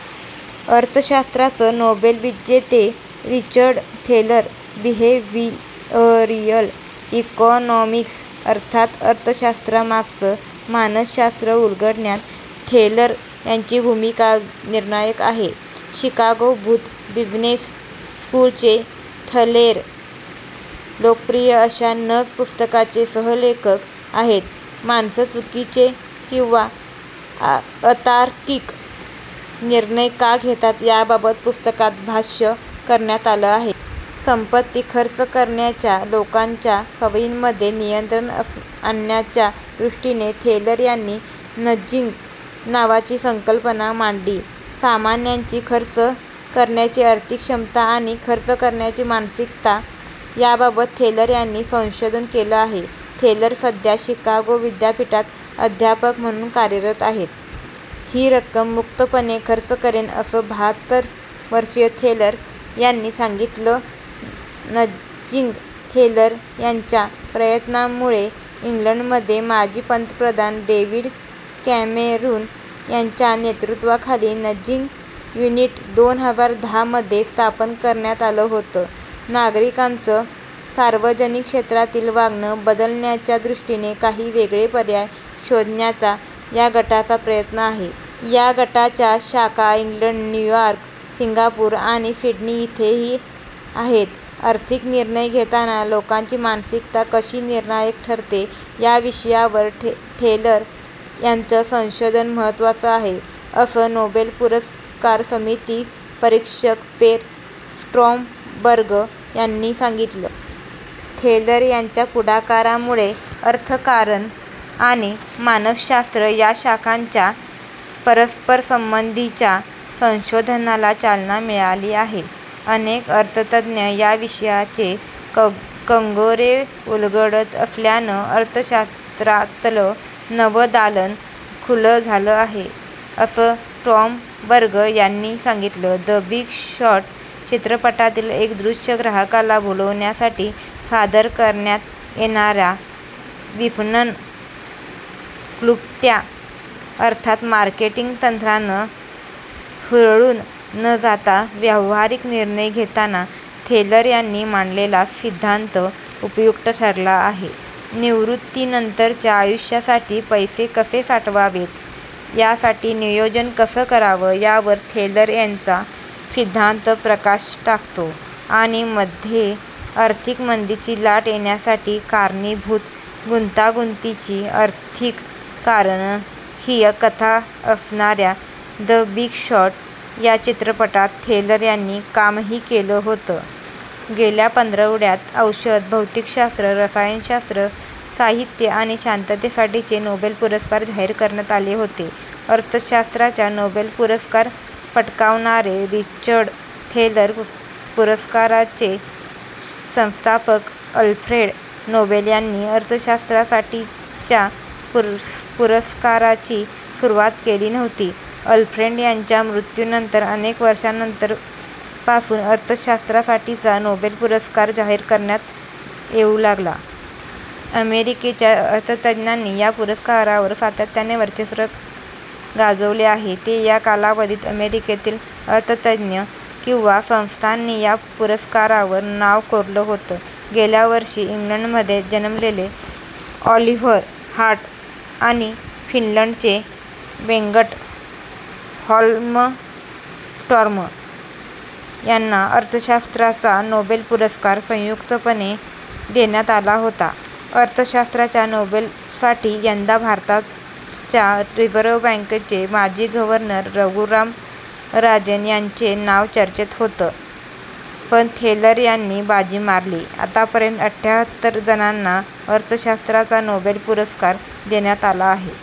अर्थशास्त्राचं Nobel विजेते Richard Thaler 'behavioural economics' अर्थात अर्थशास्त्रामागचं मानसशास्त्र उलगडण्यात थेलर यांची भूमिका निर्णायक आहे. शिकागो बूथ बिझनेस स्कूलचे थलेर लोकप्रिय अशा 'नज' पुस्तकाचे सहलेखक आहेत. माणसं चुकीचे किंवा अतार्किक निर्णय का घेतात याबाबत पुस्तकात भाष्य करण्यात आलं आहे. संपत्ती खर्च करण्याच्या लोकांच्या सवयींमध्ये नियंत्रण आणण्याच्या दृष्टीने थेलर यांनी नजिंग नावाची संकल्पना मांडली. सामान्यांची खर्च करण्याची आर्थिक क्षमता आणि खर्च करण्याची मानसिकता याबाबत थेलर यांनी संशोधन केलं आहे. थेलर सध्या शिकागो विद्यापीठात अध्यापक म्हणून कार्यरत आहेत. ही रक्कम मुक्तपणे खर्च करेन असं बहात्तर वर्षीय थलेर यांनी सांगितलं नजिंग थेलर यांच्या प्रयत्नांमुळे इंग्लंडमध्ये माजी पंतप्रधान डेव्हिड कॅमेरुन यांच्या नेतृत्वाखाली नजिंग युनिट दोन हजार दहा मध्ये स्थापन करण्यात आलं होतं. नागरिकांचं सार्वजनिक क्षेत्रातील वागणं बदलण्याच्या दृष्टीनं काही वेगळे पर्याय शोधण्याचा या गटाचा प्रयत्न आहे. या गटाच्या शाखा इंग्लंड, न्यूयॉर्क, सिंगापूर आणि सिडनी इथेही आहेत. आर्थिक निर्णय घेताना लोकांची मानसिकता कशी निर्णायक ठरते या विषयावर थेलर यांचं संशोधन महत्त्वाचं आहे असं नोबेल पुरस्कार समिती परीक्षक पेर स्ट्रोमबर्ग यांनी सांगितलं. थेलर यांच्या पुढाकारामुळे अर्थकारण आणि मानसशास्त्र या शाखांच्या परस्परसंबंधीच्या संशोधनाला चालना मिळाली आहे. अनेक अर्थतज्ञ या विषयाचे कंगोरे उलगडत असल्यानं अर्थशास्त्रातलं नवं दालन खुलं झालं आहे असं स्ट्रोमबर्ग यांनी सांगितलं. द बिग शॉर्ट चित्रपटातील एक दृश्य ग्राहकाला भुलवण्यासाठी सादर करण्यात येणाऱ्या विपणन क्लृप्त्या अर्थात मार्केटिंग तंत्रानं हुरळून न जाता व्यावहारिक निर्णय घेताना थेलर यांनी मांडलेला सिद्धांत उपयुक्त ठरला आहे. निवृत्तीनंतरच्या आयुष्यासाठी पैसे कसे साठवावेत यासाठी नियोजन कसं करावं यावर थेलर यांचा सिद्धांत प्रकाश टाकतो. आणि मध्ये आर्थिक मंदीची लाट येण्यासाठी कारणीभूत गुंतागुंतीची आर्थिक कारणं ही कथा असणाऱ्या 'द बिग शॉर्ट' या चित्रपटात थेलर यांनी कामही केलं होतं. गेल्या पंधरवड्यात औषध, भौतिकशास्त्र, रसायनशास्त्र, साहित्य आणि शांततेसाठीचे नोबेल पुरस्कार जाहीर करण्यात आले होते. अर्थशास्त्राचा नोबेल पुरस्कार पटकावणारे रिचर्ड थेलर पुरस्कारांचे संस्थापक अल्फ्रेड नोबेल यांनी अर्थशास्त्रासाठीच्या पुरस्काराची सुरुवात केली नव्हती. अल्फ्रेड यांच्या मृत्यूनंतर अनेक वर्षानंतर पासून अर्थशास्त्रासाठीचा नोबेल पुरस्कार जाहीर करण्यात येऊ लागला. अमेरिकेच्या अर्थतज्ज्ञांनी या पुरस्कारावर सातत्यानं वर्चस्व गाजवले आहे. ते या कालावधीत अमेरिकेतील अर्थतज्ज्ञ किंवा संस्थांनी या पुरस्कारावर नाव कोरलं होतं. गेल्यावर्षी इंग्लंडमध्ये जन्मलेले ऑलिव्हर हार्ट आणि फिनलंडचे बेंगट होल्मस्टॉर्म यांना अर्थशास्त्राचा नोबेल पुरस्कार संयुक्तपणे देण्यात आला होता. अर्थशास्त्राच्या नोबेलसाठी यंदा भारताच्या रिझर्व्ह बँकेचे माजी गव्हर्नर रघुराम राजन यांचे नाव चर्चेत होतं. पण थेलर यांनी बाजी मारली. आतापर्यंत अठ्ठ्याहत्तर जणांना अर्थशास्त्राचा नोबेल पुरस्कार देण्यात आला आहे.